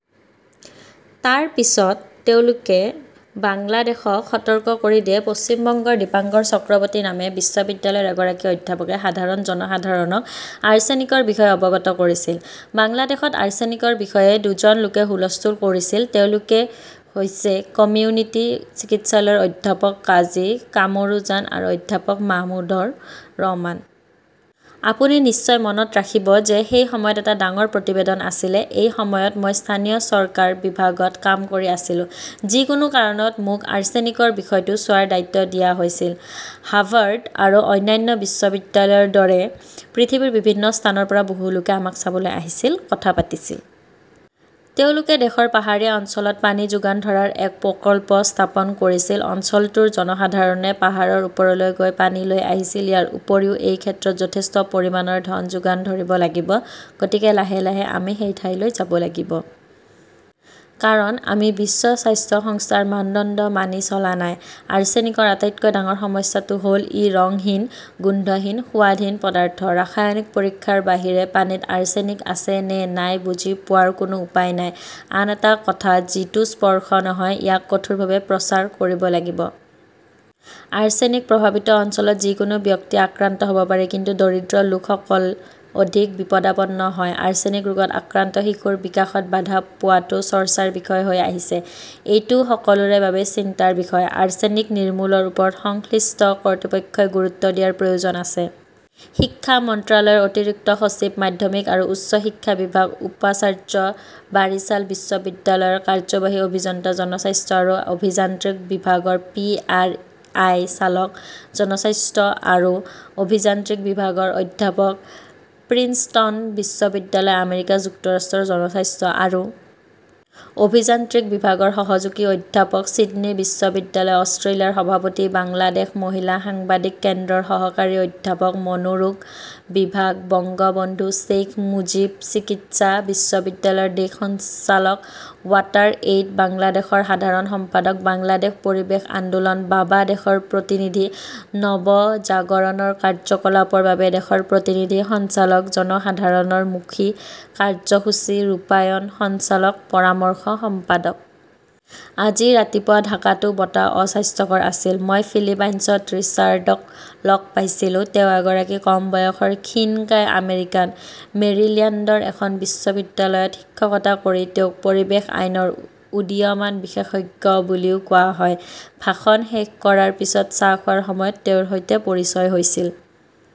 তাৰ পিছত তেওঁলোকে বাংলাদেশক সতৰ্ক কৰি দিয়ে। পশ্চিম বংগৰ দীপাংকৰ চক্ৰৱৰ্তী নামে বিশ্ববিদ্যালয়ৰ এগৰাকী অধ্যাপকে সাধাৰণ জনসাধাৰণক আৰ্ছেনিকৰ বিষয়ে অৱগত কৰিছিল। বাংলাদেশত আৰ্ছেনিকৰ বিষয়ে দুজন লোকে হুলস্থুল কৰিছিল, তেওঁলোকে হৈছে কমিউনিটি চিকিৎসালয়ৰ অধ্যাপক কাজী কামৰুজান আৰু অধ্যাপক মাহমুদউৰ ৰহমান। আপুনি নিশ্চয় মনত ৰাখিব যে, সেই সময়ত এটা ডাঙৰ প্ৰতিবেদন আছিলে। এই সময়ত মই স্থানীয় চৰকাৰ বিভাগত কাম কৰি আছিলোঁ। যিকোনো কাৰণত, মোক আৰ্ছেনিকৰ বিষয়টো চোৱাৰ দায়িত্ব দিয়া হৈছিল। হাৰ্ভাৰ্ড আৰু অন্যান্য বিশ্ববিদ্যালয়ৰ দৰে পৃথিৱীৰ বিভিন্ন স্থানৰ পৰা বহু লোকে আমাক চাবলৈ আহিছিল, কথা পাতিছিল। তেওঁলোকে দেশৰ পাহাৰীয়া অঞ্চলত পানী যোগান ধৰাৰ এক প্ৰকল্প স্থাপন কৰিছিল। অঞ্চলটোৰ জনসাধাৰণে পাহাৰৰ ওপৰলৈ গৈ পানী লৈ আহিছিল। ইয়াৰ উপৰিও এই ক্ষেত্ৰত যথেষ্ট পৰিমাণৰ ধন যোগান ধৰিব লাগিব। গতিকে, লাহে লাহে আমি সেই ঠাইলৈ যাব লাগিব। কাৰণ, আমি বিশ্ব স্বাস্থ্য সংস্থাৰ মানদণ্ড মানি চলা নাই। আৰ্ছেনিকৰ আটাইতকৈ ডাঙৰ সমস্যাটো হ'ল ই ৰঙহীন, গোন্ধহীন, সোৱাদহীন পদাৰ্থ। ৰাসায়নিক পৰীক্ষাৰ বাহিৰে পানীত আৰ্ছেনিক আছে নে নাই বুজি পোৱাৰ কোনো উপায় নাই। আন এটা কথা, যিটো স্পৰ্শ নহয়, ইয়াক কঠোৰভাৱে প্ৰচাৰ কৰিব লাগিব। আৰ্ছেনিক প্ৰভাৱিত অঞ্চলত যিকোনো ব্যক্তি আক্ৰান্ত হ'ব পাৰে। কিন্তু দৰিদ্ৰ লোকসকল অধিক বিপদাপন্ন হয়। আৰ্ছেনিক ৰোগত আক্ৰান্ত শিশুৰ বিকাশত বাধা পোৱাটো চৰ্চাৰ বিষয় হৈ আহিছে। এইটো সকলোৰে বাবে চিন্তাৰ বিষয়। আৰ্ছেনিক নিৰ্মূলৰ ওপৰত সংশ্লিষ্ট কৰ্তৃপক্ষই গুৰুত্ব দিয়াৰ প্ৰয়োজন আছে। শিক্ষা মন্ত্ৰালয়ৰ অতিৰিক্ত সচিব, মাধ্যমিক আৰু উচ্চ শিক্ষা বিভাগ, উপাচাৰ্য, বাৰিছাল বিশ্ববিদ্যালয়ৰ কাৰ্যবাহী অভিযন্তা, জনস্বাস্থ্য আৰু অভিযান্ত্ৰিক বিভাগৰ পি আৰ আই চালক, জনস্বাস্থ্য আৰু অভিযান্ত্ৰিক বিভাগৰ অধ্যাপক, প্ৰিন্সটন বিশ্ববিদ্যালয়, আমেৰিকা যুক্তৰাষ্ট্ৰৰ জনস্বাস্থ্য আৰু অভিযান্ত্ৰিক বিভাগৰ সহযোগী অধ্যাপক, ছিডনী বিশ্ববিদ্যালয়, অষ্ট্ৰেলিয়াৰ সভাপতি, বাংলাদেশ মহিলা সাংবাদিক কেন্দ্ৰৰ সহকাৰী অধ্যাপক, মনোৰোগ বিভাগ, বঙ্গবন্ধু শ্বেইখ মুজিব চিকিৎসা বিশ্ববিদ্যালয়ৰ দেশ সঞ্চালক, ৱাটাৰএইড বাংলাদেশৰ সাধাৰণ সম্পাদক, বাংলাদেশ পৰিৱেশ আন্দোলন, বাবা দেশৰ প্ৰতিনিধি, নৱজাগৰণৰ কাৰ্য্যকলাপৰ বাবে দেশৰ প্ৰতিনিধি সঞ্চালক, জনসাধাৰণৰ মুখী কাৰ্যসূচী ৰূপায়ণ সঞ্চালক, পৰামৰ্শ সম্পাদক। আজি ৰাতিপুৱা ঢাকাতো বতাহ অস্বাস্থ্যকৰ আছিল। মই ফিলিপাইনছত ৰিচাৰ্ডক লগ পাইছিলো। তেওঁ এগৰাকী কম বয়সৰ ক্ষীণকায় আমেৰিকান। মেৰিল্যাণ্ডৰ এখন বিশ্ববিদ্যালয়ত শিক্ষকতা কৰি তেওঁক পৰিৱেশ আইনৰ উদীয়মান বিশেষজ্ঞ বুলিও কোৱা হয়। ভাষণ শেষ কৰাৰ পিছত চাহ খোৱাৰ সময়ত তেওঁৰ সৈতে পৰিচয় হৈছিল।